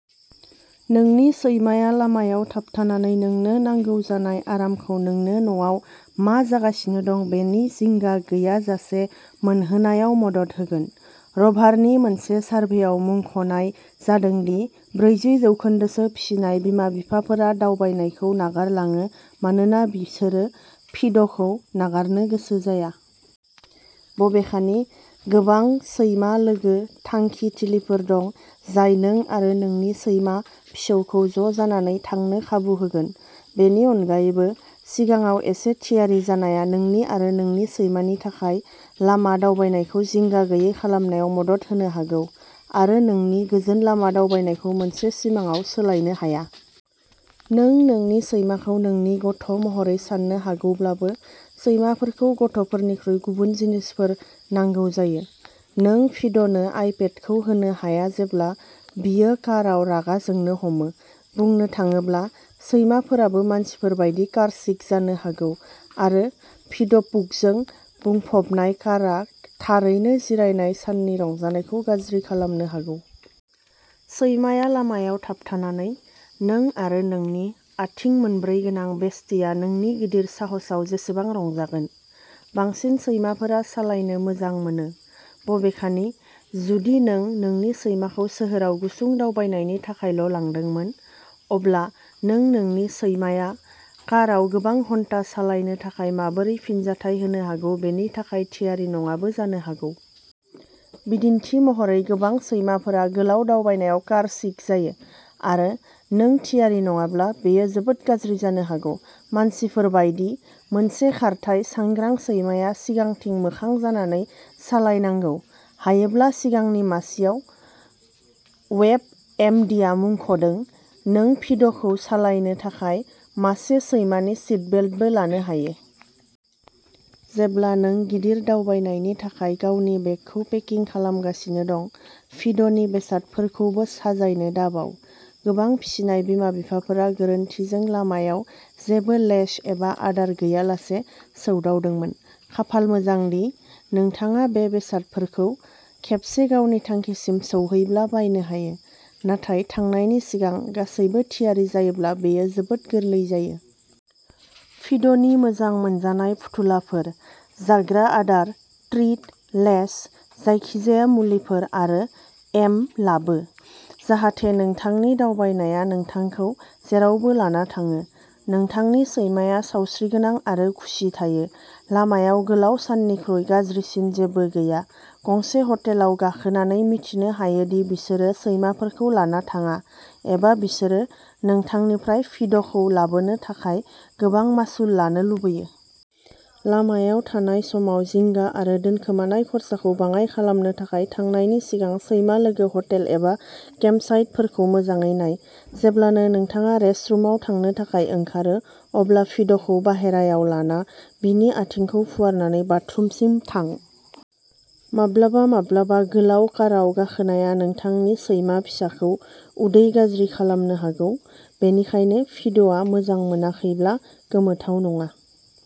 नोंनि सैमाया लामायाव थाबथानानै नोंनो नांगौ जानाय आरामखौ नोंनो न'आव मा जागासिनो दं बेनि जिंगा गैयाजासे मोनहोनायाव मदद होगोन। र'भारनि मोनसे सारभेयाव मुंख'नाय जादों दि ब्रैजि जौखोन्दोसो फिसिनाय बिमा-बिफाफोरा दावबायनायखौ नागारलाङो मानोना बिसोरो फिड'खौ नागारनो गोसो जाया। बबेखानि, गोबां सैमा-लोगो थांखिथिलिफोर दं जाय नों आरो नोंनि सैमा-फिसौखौ ज'जानानै थांनो खाबु होगोन। बेनि अनगायैबो, सिगाङाव एसे थियारि जानाया नोंनि आरो नोंनि सैमानि थाखाय लामा दावबायनायखौ जिंगा गैयै खालामनायाव मदद होनो हागौ, आरो नोंनि गोजोन लामा दावबायनायखौ मोनसे सिमांआव सोलायनो हाया। नों नोंनि सैमाखौ नोंनि गथ' महरै साननो हागौब्लाबो, सैमाफोरखौ गथ' फोरनिख्रुइ गुबुन जिनिसफोर नांगौ जायो। नों फिड'नो आइपेडखौ होनो हाया जेब्ला बियो काराव रागा जोंनो हमो। बुंनो थाङोब्ला, सैमाफोराबो मानसिफोर बायदि कार्सिक जानो हागौ, आरो फिड'पुकजों बुंफबनाय कारआ थारैनो जिरायनाय साननि रंजानायखौ गाज्रि खालामनो हागौ। सैमाया लामायाव थाबथानानै, नों आरो नोंनि आथिं मोनब्रै गोनां बेस्टीआ नोंनि गिदिर साहसआव जेसेबां रंजागोन। बांसिन सैमाफोरा सालायनो मोजां मोनो। बबेखानि, जुदि नों नोंनि सैमाखौ सोहोराव गुसुं दावबायनायनि थाखायल' लांदोंमोन, अब्ला नों नोंनि सैमाया कारआव गोबां घन्टा सालायनो थाखाय माबोरै फिनजाथाय होनो हागौ बेनि थाखाय थियारि नङाबो जानो हागौ। बिदिन्थि महरै, गोबां सैमाफोरा गोलाव दावबायनायाव कार्सिक जायो। आरो, नों थियारि नङाब्ला, बेयो जोबोद गाज्रि जानो हागौ। मानसिफोर बायदि, मोनसे खारथाइ-सांग्रां सैमाया सिगांथिं मोखां जानानै सालायनांगौ, हायोब्ला सिगांनि मासिआव, वेबएमडीआ मुंख'दों। नों फिड'खौ सालायनो थाखाय मासे सैमानि सिटबेल्टबो लानो हायो। जेब्ला नों गिदिर दावबायनायनि थाखाय गावनि बेगखौ पेकिं खालामगासिनो दं, फिड'नि बेसादफोरखौबो साजायनो दाबाव। गोबां फिसिनाय बिमा-बिफाफोरा गोरोन्थिजों लामाआव जेबो लेश एबा आदार गैयालासे सौदावदोंमोन। खाफाल मोजां दि, नोंथाङा बे बेसादफोरखौ खेबसे गावनि थांखिसिम सौहैब्ला बायनो हायो, नाथाय थांनायनि सिगां गासैबो थियारि जायोब्ला बेयो जोबोद गोरलै जायो। फिद'नि मोजां मोनजानाय फुथुलाफोर, जाग्रा आदार, ट्रिट, लेश, जायखिजाया मुलिफोर आरो एम लाबो, जाहाथे नोंथांनि दावबायनाया नोंथांखौ जेरावबो लाना थाङो, नोंथांनि सैमाया सावस्रिगोनां आरो खुसि थायो। लामायाव गोलाव साननिख्रुइ गाज्रिसिन जेबो गैया, गंसे हटेलाव गाखोनानै मिथिनो हायो दि बिसोरो सैमाफोरखौ लाना थाङा, एबा बिसोरो नोंथांनिफ्राय फिड'खौ लाबोनो थाखाय गोबां मासुल लानो लुबैयो। लामायाव थानाय समाव जिंगा आरो दोनखोमानाय खरसाखौ बाङाइ खालामनो थाखाय थांनायनि सिगां सैमा-लोगो हटेल एबा केम्पसाइटफोरखौ मोजाङै नाय। जेब्लानो नोंथाङा रेस्टरुमआव थांनो थाखाय ओंखारो, अब्ला फिड'खौ बाहेरायाव लाना बिनि आथिंखौ फुवारनानै बाथरुमसिम थां। माब्लाबा-माब्लाबा, गोलाव कारआव गाखोनाया नोंथांनि सैमा फिसाखौ उदै गाज्रि खालामनो हागौ, बेनिखायनो फिड'आ मोजां मोनाखैब्ला गोमोथाव नङा।